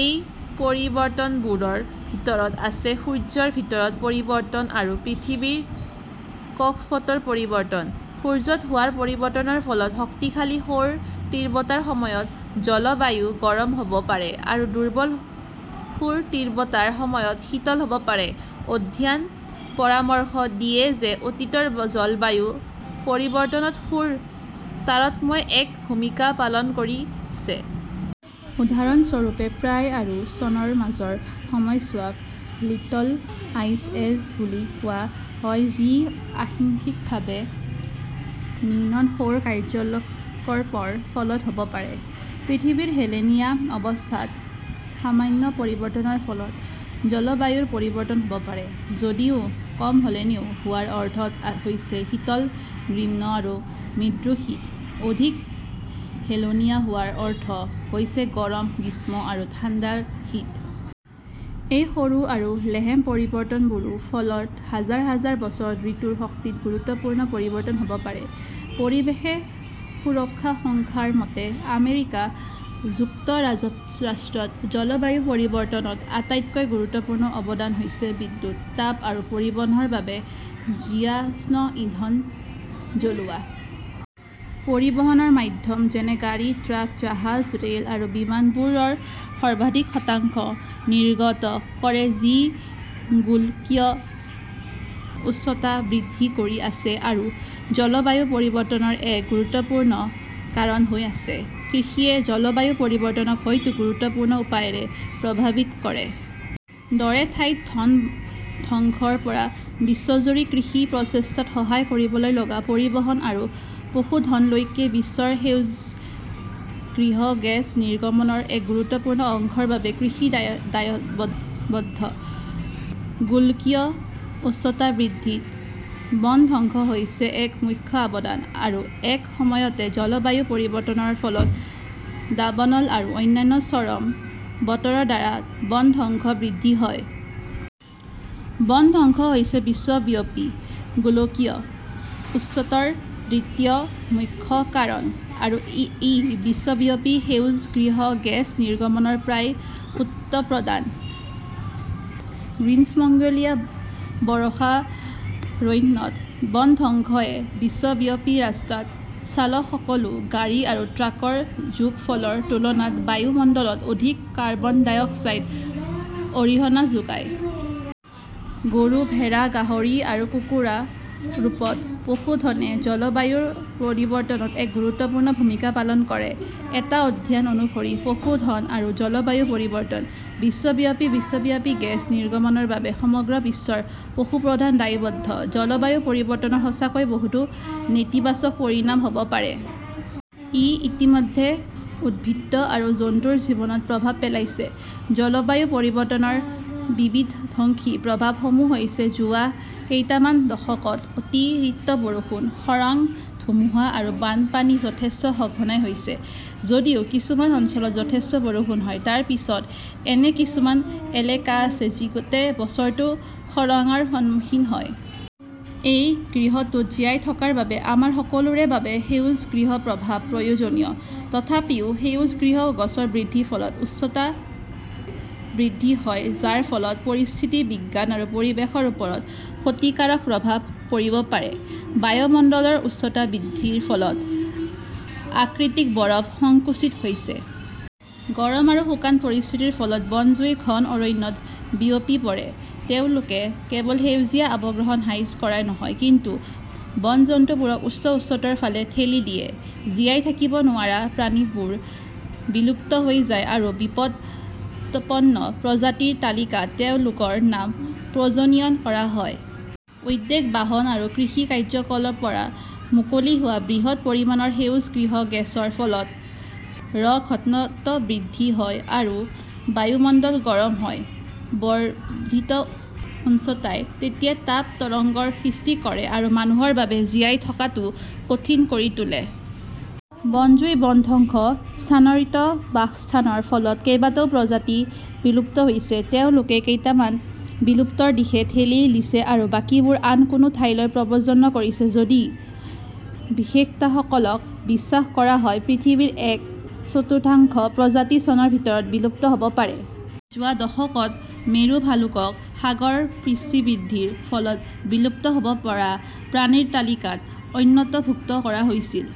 এই পৰিৱৰ্তনবোৰৰ ভিতৰত আছে সূৰ্যৰ ভিতৰত পৰিৱৰ্তন আৰু পৃথিৱীৰ কক্ষপথৰ পৰিৱৰ্তন। সূৰ্যত হোৱা পৰিৱৰ্তনৰ ফলত শক্তিশালী সৌৰ তীব্ৰতাৰ সময়ত জলবায়ু গৰম হ'ব পাৰে আৰু দুৰ্বল সৌৰ তীব্ৰতাৰ সময়ত শীতল হ'ব পাৰে। অধ্যয়নে পৰামৰ্শ দিয়ে যে অতীতৰ জলবায়ু পৰিৱৰ্তনত সৌৰ তাৰতম্যই এক ভূমিকা পালন কৰিছে। উদাহৰণ স্বৰূপে, প্ৰায় আৰু চনৰ মাজৰ সময়ছোৱাক "লিটল আইচ এজ" বুলি কোৱা হয় যি আংশিকভাৱে নিম্ন সৌৰ কাৰ্যকলাপৰ ফলত হ'ব পাৰে। পৃথিৱীৰ হেলনীয়া অৱস্থাত সামান্য পৰিৱৰ্তনৰ ফলত জলবায়ুৰ পৰিৱৰ্তন হ'ব পাৰে। যদিও কম হেলনীয়া হোৱাৰ অৰ্থ হৈছে শীতল গ্ৰীষ্ম আৰু মৃদু শীত, অধিক হেলনীয়া হোৱাৰ অৰ্থ হৈছে গৰম গ্ৰীষ্ম আৰু ঠাণ্ডা শীত। এই সৰু আৰু লেহেম পৰিৱৰ্তনবোৰৰ ফলত হাজাৰ হাজাৰ বছৰত ঋতুৰ শক্তিত গুৰুত্বপূৰ্ণ পৰিৱৰ্তন হ'ব পাৰে। পৰিৱেশ সুৰক্ষা সংস্থাৰ মতে, আমেৰিকা যুক্তৰাষ্ট্ৰত জলবায়ু পৰিৱৰ্তনত আটাইতকৈ গুৰুত্বপূৰ্ণ অৱদান হৈছে বিদ্যুৎ, তাপ আৰু পৰিবহনৰ বাবে জীৱাশ্ম ইন্ধন জ্বলোৱা। পৰিবহনৰ মাধ্যম যেনে গাড়ী, ট্ৰাক, জাহাজ, ৰেল, আৰু বিমানবোৰে -ৰ সৰ্বাধিক শতাংশ নিৰ্গত কৰে যি গোলকীয় উষ্ণতা বৃদ্ধি কৰি আছে আৰু জলবায়ু পৰিৱৰ্তনৰ এক গুৰুত্বপূৰ্ণ কাৰণ হৈ আছে। কৃষিয়ে জলবায়ু পৰিৱৰ্তনক বহুতো গুৰুত্বপূৰ্ণ উপায়েৰে প্ৰভাৱিত কৰে। দৰে ঠাইত বনধ্বংসৰ পৰা বিশ্বজুৰি কৃষি প্ৰচেষ্টাত সহায় কৰিবলৈ লগা পৰিবহন আৰু পশুধনলৈকে, বিশ্বৰ সেউজগৃহ গেছ নিৰ্গমনৰ এক গুৰুত্বপূৰ্ণ অংশৰ বাবে কৃষি দায়বদ্ধ। গোলকীয় উষ্ণতা বৃদ্ধিত বনধ্বংস হৈছে এক মুখ্য অৱদান, আৰু একে সময়তে, জলবায়ু পৰিৱৰ্তনৰ ফলত দাবানল আৰু অন্যান্য চৰম বতৰৰ দ্বাৰা বনধ্বংস বৃদ্ধি হয়। বনধ্বংস হৈছে বিশ্বব্যাপী গোলকীয় উষ্ণতাৰ দ্বিতীয় মুখ্য কাৰণ, আৰু ই বিশ্বব্যাপী সেউজগৃহ গেছ নিৰ্গমনৰ প্ৰায় উৎপাদন কৰে। গ্ৰীষ্মমণ্ডলীয় বৰ্ষাৰণ্যত বনধ্বংসে বিশ্বব্যাপী ৰাস্তাত চলাসকলো গাড়ী আৰু ট্ৰাকৰ যোগফলৰ তুলনাত বায়ুমণ্ডলত অধিক কাৰ্বন ডাই অক্সাইড অৰিহণা যোগায়। গৰু, ভেড়া, গাহৰি আৰু কুকুৰাৰ ৰূপত পশুধনে জলবায়ু পৰিৱৰ্তনত এক গুৰুত্বপূৰ্ণ ভূমিকা পালন কৰে। এটা অধ্যয়ন অনুসৰি, "পশুধন আৰু জলবায়ু পৰিৱৰ্তন", বিশ্বব্যাপী বিশ্বব্যাপী গেছ নিৰ্গমনৰ বাবে সমগ্ৰ বিশ্বৰ পশুধন দায়বদ্ধ। জলবায়ু পৰিৱৰ্তনৰ সঁচাকৈয়ে বহুতো নেতিবাচক পৰিণাম হ'ব পাৰে। ই ইতিমধ্যে উদ্ভিদ আৰু জন্তুৰ জীৱনত প্ৰভাৱ পেলাইছে। জলবায়ু পৰিৱৰ্তনৰ বিধ্বংসী প্ৰভাৱ সমূহ হৈছে – যোৱা কেইটামান দশকত, অতিৰিক্ত বৰষুণ, খৰাং, ধুমুহা আৰু বানপানী যথেষ্ট সঘনাই হৈছে। যদিও কিছুমান অঞ্চলত যথেষ্ট বৰষুণ হয়, তাৰ পিছত এনে কিছুমান এলেকা আছে যিগোটেই বছৰটো খৰাঙৰ সন্মুখীন হয়। এই গ্ৰহটোত জীয়াই থকাৰ বাবে আমাৰ সকলোৰে বাবে সেউজগৃহপ্ৰভাৱ প্ৰয়োজনীয়। তথাপিও, সেউজগৃহ গেছৰ বৃদ্ধিৰ ফলত উষ্ণতা বৃদ্ধি হয়, যাৰ ফলত পৰিস্থিতি বিজ্ঞান আৰু পৰিৱেশৰ ওপৰত ক্ষতিকাৰক প্ৰভাৱ পৰিব পাৰে। বায়ুমণ্ডলৰ উষ্ণতা বৃদ্ধিৰ ফলত আৰ্কটিক বৰফ সংকুচিত হৈছে। গৰম আৰু শুকান পৰিস্থিতিৰ ফলত বনজুই ঘন অৰণ্যত বিয়পি পৰে। তেওঁলোকে কেৱল সেউজীয়া আৱৰণ হ্ৰাস কৰাই নহয় কিন্তু বনজন্তুবোৰক উচ্চ উচ্চতাৰ ফালে ঠেলি দিয়ে। জীয়াই থাকিব নোৱাৰা প্ৰাণীবোৰ বিলুপ্ত হৈ যায় আৰু বিপদাপন্ন প্ৰজাতিৰ তালিকাত তেওঁলোকৰ নাম পঞ্জীয়ন কৰা হয়। উদ্যোগ, বাহন আৰু কৃষি কাৰ্যকলাপৰ পৰা মুকলি হোৱা বৃহৎ পৰিমাণৰ সেউজগৃহ গেছৰ ফলত. -ৰ ঘনত্ব বৃদ্ধি হয় আৰু বায়ুমণ্ডল গৰম হয়। বৰ্ধিত উষ্ণতাই তেতিয়া তাপ তৰংগৰ সৃষ্টি কৰে আৰু মানুহৰ বাবে জীয়াই থকাটো কঠিন কৰি তোলে। বন জুই, বনধ্বংস, স্থানান্তৰিত বাসস্থানৰ ফলত কেইবাটাও প্ৰজাতি বিলুপ্ত হৈছে, তেওঁলোকৰ কেইটামান বিলুপ্তিৰ দিশে ঠেলি দিছে, আৰু বাকীবোৰ আন কোনো ঠাইলৈ প্ৰব্ৰজন কৰিছে। যদি বিশেষজ্ঞসকলক বিশ্বাস কৰা হয়, পৃথিৱীৰ এক-চতুৰ্থাংশ প্ৰজাতি চনৰ ভিতৰত বিলুপ্ত হ'ব পাৰে। যোৱা দশকত, মেৰু ভালুকক সাগৰপৃষ্ঠবৃদ্ধিৰ ফলত বিলুপ্ত হ'ব পৰা প্ৰাণীৰ তালিকাত অন্তৰ্ভুক্ত কৰা হৈছিল।